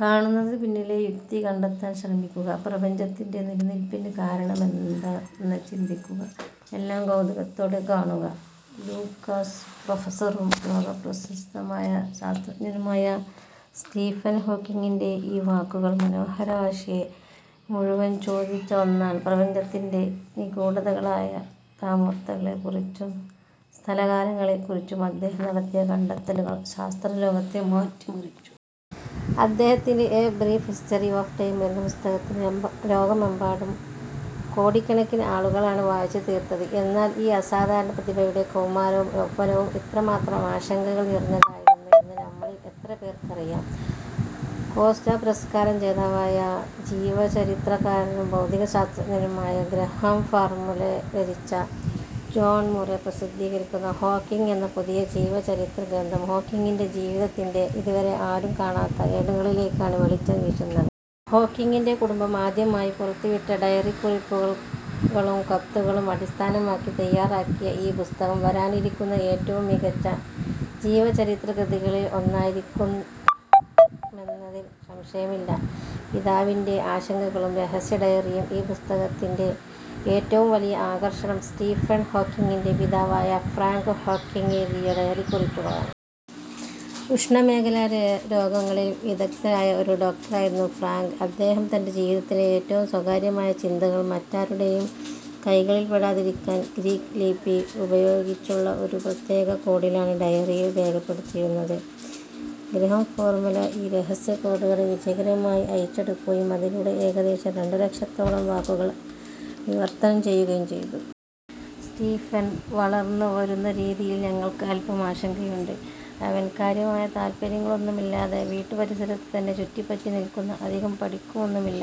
കാണുന്നതിന് പിന്നിലെ യുക്തി കണ്ടെത്താൻ ശ്രമിക്കുക, പ്രപഞ്ചത്തിന്റെ നിലനിൽപ്പിന് കാരണമെന്തെന്ന് ചിന്തിക്കുക. എല്ലാം കൗതുകത്തോടെ കാണുക... ' ലൂക്കാസ് പ്രഫസറും ലോകപ്രശസ്ത ശാസ്ത്രജ്ഞനുമായിരുന്ന സ്റ്റീഫൻ ഹോക്കിങ്ങിന്റെ ഈ വാക്കുകൾ മാനവരാശിയെ മുഴുവൻ പ്രചോദിപ്പിച്ച ഒന്നാണ്. പ്രപഞ്ചത്തിന്റെ നിഗൂഢതകളായ തമോഗർത്തങ്ങളെക്കുറിച്ചും, സ്ഥല-കാലങ്ങളെക്കുറിച്ചും അദ്ദേഹം നടത്തിയ കണ്ടെത്തലുകൾ ശാസ്ത്രലോകത്തെ മാറ്റിമറിച്ചു. അദ്ദേഹത്തിന്റെ 'a brief history of time' എന്ന പുസ്തകം ലോകമെമ്പാടും കോടിക്കണക്കിന് ആളുകളാണ് വായിച്ചുതീർത്തത്. എന്നാൽ, ഈ അസാധാരണ പ്രതിഭയുടെ കൗമാരവും യൗവനവും ഇത്രമാത്രം ആശങ്കകൾ നിറഞ്ഞതായിരുന്നു എന്ന് നമ്മളിൽ എത്രപേർക്കറിയാം? കോസ്റ്റാ പുരസ്കാര ജേതാവായ ജീവചരിത്രകാരനും ഭൗതികശാസ്ത്രജ്ഞനുമായ ഗ്രഹാം ഫാർമെലോ രചിച്ച്, ജോൺ മുറെ പ്രസിദ്ധീകരിക്കുന്ന 'ഹോക്കിങ്' എന്ന പുതിയ ജീവചരിത്ര ഗ്രന്ഥം ഹോക്കിങ്ങിന്റെ ജീവിതത്തിന്റെ ഇതുവരെ ആരും കാണാത്ത ഏടുകളിലേക്കാണ് വെളിച്ചം വീശുന്നത്. ഹോക്കിങ്ങിന്റെ കുടുംബം ആദ്യമായി പുറത്തുവിട്ട ഡയറിക്കുറിപ്പുകളും കത്തുകളും അടിസ്ഥാനമാക്കി തയാറാക്കിയ ഈ പുസ്തകം, വരാനിരിക്കുന്ന ഏറ്റവും മികച്ച ജീവചരിത്ര കൃതികളിൽ ഒന്നായിരിക്കുമെന്നതിൽ സംശയമില്ല. ∙ പിതാവിന്റെ ആശങ്കകളും രഹസ്യ ഡയറിയും ഈ പുസ്തകത്തിന്റെ ഏറ്റവും വലിയ ആകർഷണം സ്റ്റീഫൻ ഹോക്കിങ്ങിന്റെ പിതാവായ ഫ്രാങ്ക് ഹോക്കിങ് എഴുതിയ ഡയറിക്കുറിപ്പുകളാണ്. ഉഷ്ണമേഖലാ രോഗങ്ങളിൽ വിദഗ്ധനായ ഒരു ഡോക്ടറായിരുന്നു ഫ്രാങ്ക്. അദ്ദേഹം തന്റെ ജീവിതത്തിലെ ഏറ്റവും സ്വകാര്യമായ ചിന്തകൾ മറ്റാരുടെയും കൈകളിൽപ്പെടാതിരിക്കാൻ 'ഗ്രീക്ക് ലിപി' ഉപയോഗിച്ചുള്ള ഒരു പ്രത്യേക കോഡിലാണ് ഡയറിയിൽ രേഖപ്പെടുത്തിയിരുന്നത്. ഗ്രഹാം ഫാർമെലോ ഈ രഹസ്യ കോഡുകൾ വിജയകരമായി അഴിച്ചെടുക്കുകയും, അതിലൂടെ ഏകദേശം രണ്ട് ലക്ഷത്തോളം വാക്കുകൾ വിവർത്തനം ചെയ്യുകയും ചെയ്തു. 'സ്റ്റീഫൻ വളർന്നു വരുന്ന രീതിയിൽ ഞങ്ങൾക്ക് അൽപം ആശങ്കയുണ്ട്. അവൻ കാര്യമായ താൽപര്യങ്ങളൊന്നുമില്ലാതെ വീട്ടുപരിസരത്ത് തന്നെ ചുറ്റിപ്പറ്റി നിൽക്കുന്നു, അധികം പഠിക്കുന്നുമില്ല...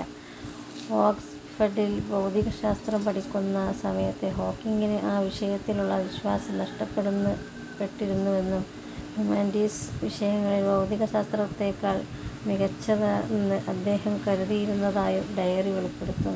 ' ഓക്സ്ഫഡിൽ ഭൗതികശാസ്ത്രം പഠിക്കുന്ന സമയത്ത് ഹോക്കിങ്ങിന് ആ വിഷയത്തിലുള്ള വിശ്വാസം നഷ്ടപ്പെട്ടിരുന്നുവെന്നും, ഹ്യൂമാനിറ്റീസ് വിഷയങ്ങളാണ് ഭൗതികശാസ്ത്രത്തേക്കാൾ മികച്ചതെന്ന് അദ്ദേഹം കരുതിയിരുന്നതായും ഡയറി വെളിപ്പെടുത്തുന്നു.